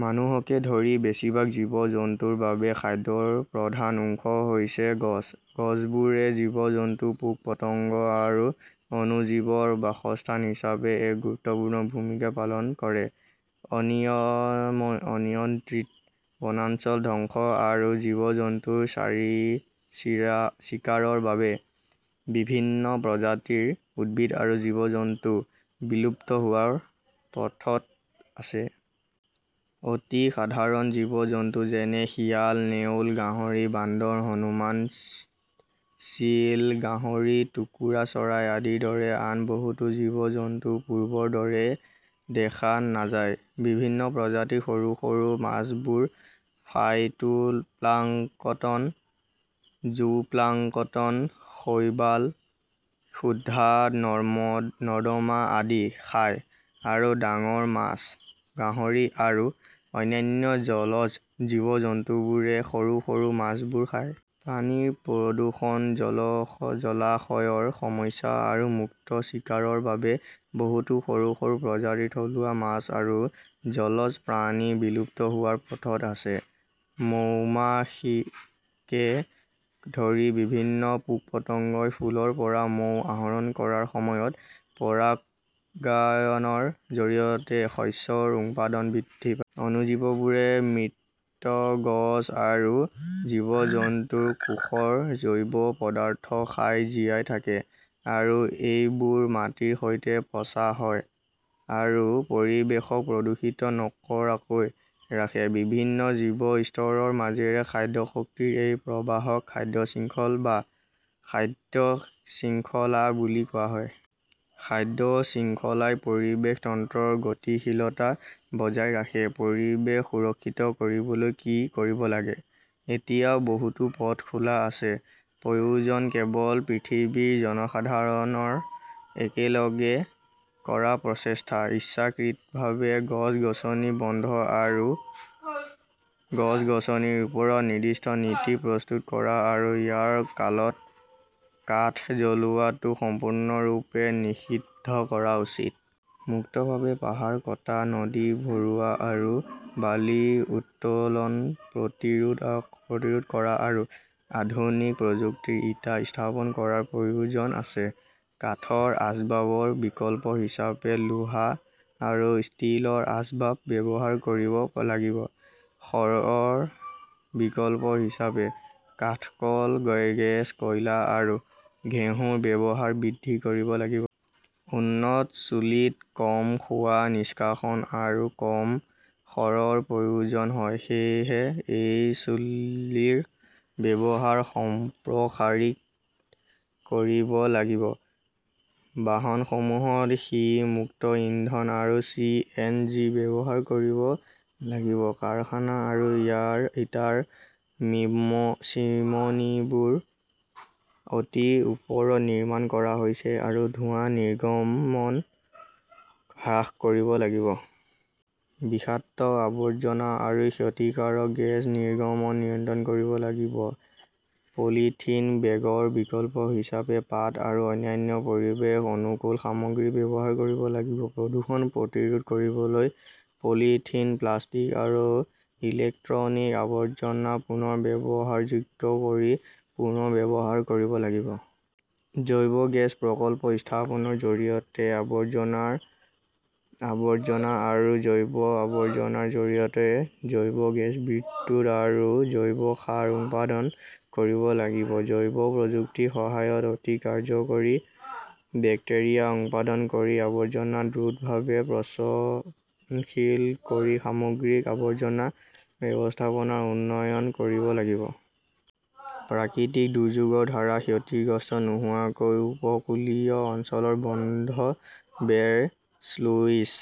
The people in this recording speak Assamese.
মানুহকে ধৰি বেছিভাগ জীৱ-জন্তুৰ বাবে খাদ্যৰ প্ৰধান উৎস হৈছে গছ। গছবোৰে জীৱ-জন্তু, পোক-পতংগ আৰু অণুজীৱৰ বাসস্থান হিচাপে এক গুৰুত্বপূৰ্ণ ভূমিকা পালন কৰে। অনিয়ন্ত্ৰিত বনাঞ্চল ধ্বংস আৰু জীৱ-জন্তুৰ চিকাৰৰ বাবে বিভিন্ন প্ৰজাতিৰ উদ্ভিদ আৰু জীৱ-জন্তু বিলুপ্ত হোৱাৰ পথত আছে। অতি সাধাৰণ জীৱ-জন্তু, যেনে শিয়াল, ,নেউল, গাহৰি, বান্দৰ, হনুমান, চিল, গাহৰি, টোকোৰা চৰাই আদিৰ দৰে আন বহুতো জীৱ-জন্তু পূৰ্বৰ দৰে দেখা নাযায়। বিভিন্ন প্ৰজাতিৰ সৰু সৰু মাছবোৰ ফাইটোপ্লাংকটন, জুওপ্লাংকটন, শৈবাল, ক্ষুধা, নৰ্দমা আদি খায়, আৰু ডাঙৰ মাছ, গাহৰি আৰু অন্যান্য জলজ জীৱ-জন্তুবোৰে সৰু সৰু মাছবোৰ খায়। পানীৰ প্ৰদূষণ, জলাশয়ৰ সমস্যা আৰু মুক্ত চিকাৰৰ বাবে বহুতো সৰু সৰু প্ৰজাতিৰ থলুৱা মাছ আৰু জলজ প্ৰাণী বিলুপ্ত হোৱাৰ পথত আছে। মৌমাখিকে ধৰি বিভিন্ন পোক-পতংগই ফুলৰ পৰা মৌ আহৰণ কৰাৰ সময়ত পৰাগায়নৰ জৰিয়তে শস্যৰ উৎপাদন বৃদ্ধি পায়। অণুজীৱবোৰে মৃত গছ আৰু জীৱ-জন্তুৰ কোষৰ জৈৱ পদাৰ্থ খাই জীয়াই থাকে আৰু এইবোৰ মাটিৰ সৈতে পচা হয় আৰু পৰিৱেশক প্ৰদূষিত নকৰাকৈ ৰাখে। বিভিন্ন জীৱ স্তৰৰ মাজেৰে খাদ্য শক্তিৰ এই প্ৰবাহক খাদ্য শৃংখল বা খাদ্য শৃংখলা বুলি কোৱা হয়। খাদ্য শৃংখলাই পৰিৱেশ তন্ত্ৰৰ গতিশীলতা বজাই ৰাখে। পৰিৱেশ সুৰক্ষিত কৰিবলৈ কি কৰিব লাগে? এতিয়াও বহুতো পথ খোলা আছে। প্ৰয়োজন কেৱল পৃথিৱীৰ জনসাধাৰণৰ একেলগে কৰা প্ৰচেষ্টা। ইচ্ছাকৃতভাৱে গছ-গছনি বন্ধ আৰু গছ-গছনিৰ ওপৰত নিৰ্দিষ্ট নীতি প্ৰস্তুত কৰা আৰু ইটাৰ কলত কাঠ জ্বলোৱাটো সম্পূৰ্ণৰূপে নিষিদ্ধ কৰা উচিত। মুক্তভাৱে পাহাৰ কটা, নদী ভৰোৱা আৰু বালি উত্তোলন প্ৰতিৰোধ কৰা আৰু আধুনিক প্ৰযুক্তিৰ ইটা স্থাপন কৰাৰ প্ৰয়োজন আছে। কাঠৰ আচবাবৰ বিকল্প হিচাপে লোহা আৰু ষ্টীলৰ আচবাব ব্যৱহাৰ কৰিব লাগিব। খড়ৰ বিকল্প হিচাপে কাঠক'ল, গেছ, কয়লা আৰু ঘেঁহুৰ ব্যৱহাৰ বৃদ্ধি কৰিব লাগিব। উন্নত চুলিত কম ধোঁৱা নিষ্কাশন আৰু কম খড়ৰ প্ৰয়োজন হয়। সেয়েহে এই চুল্লীৰ ব্যৱহাৰ সম্প্ৰসাৰিত কৰিব লাগিব। বাহনসমূহত সীহ-মুক্ত ইন্ধন আৰু চি. এন. জি. ব্যৱহাৰ কৰিব লাগিব। কাৰখানা আৰু ইটাৰ চিমনীবোৰ অতি ওপৰত নিৰ্মাণ কৰা হৈছে আৰু ধোঁৱা নিৰ্গমন হ্ৰাস কৰিব লাগিব। বিষাক্ত আৱৰ্জনা আৰু ক্ষতিকাৰক গেছ নিৰ্গমন নিয়ন্ত্ৰণ কৰিব লাগিব। পলিথিন বেগৰ বিকল্প হিচাপে পাট আৰু অন্যান্য পৰিৱেশ অনুকূল সামগ্ৰী ব্যৱহাৰ কৰিব লাগিব। প্ৰদূষণ প্ৰতিৰোধ কৰিবলৈ পলিথিন, প্লাষ্টিক আৰু ইলেক্ট্ৰনিক আৱৰ্জনা পুনৰ ব্যৱহাৰযোগ্য কৰি পুনৰ্ব্যৱহাৰ কৰিব লাগিব। জৈৱ গেছ প্ৰকল্প স্থাপনৰ জৰিয়তে আৱৰ্জনাৰ আৱৰ্জনা আৰু জৈৱ আৱৰ্জনাৰ জৰিয়তে জৈৱ গেছ, বিদ্যুৎ আৰু জৈৱ সাৰ উৎপাদন কৰিব লাগিব। জৈৱ প্ৰযুক্তিৰ সহায়ত অতি কাৰ্য্যকৰী বেক্টেৰিয়া উৎপাদন কৰি আৱৰ্জনা দ্ৰুতভাৱে পচনশীল কৰি সামগ্ৰিক আৱৰ্জনা ব্যৱস্থাপনাৰ উন্নয়ন কৰিব লাগিব। প্ৰাকৃতিক দুৰ্যোগৰ দ্বাৰা ক্ষতিগ্ৰস্ত নোহোৱাকৈ উপকূলীয় অঞ্চলৰ বন্ধত, বেৰ, শ্লুইচ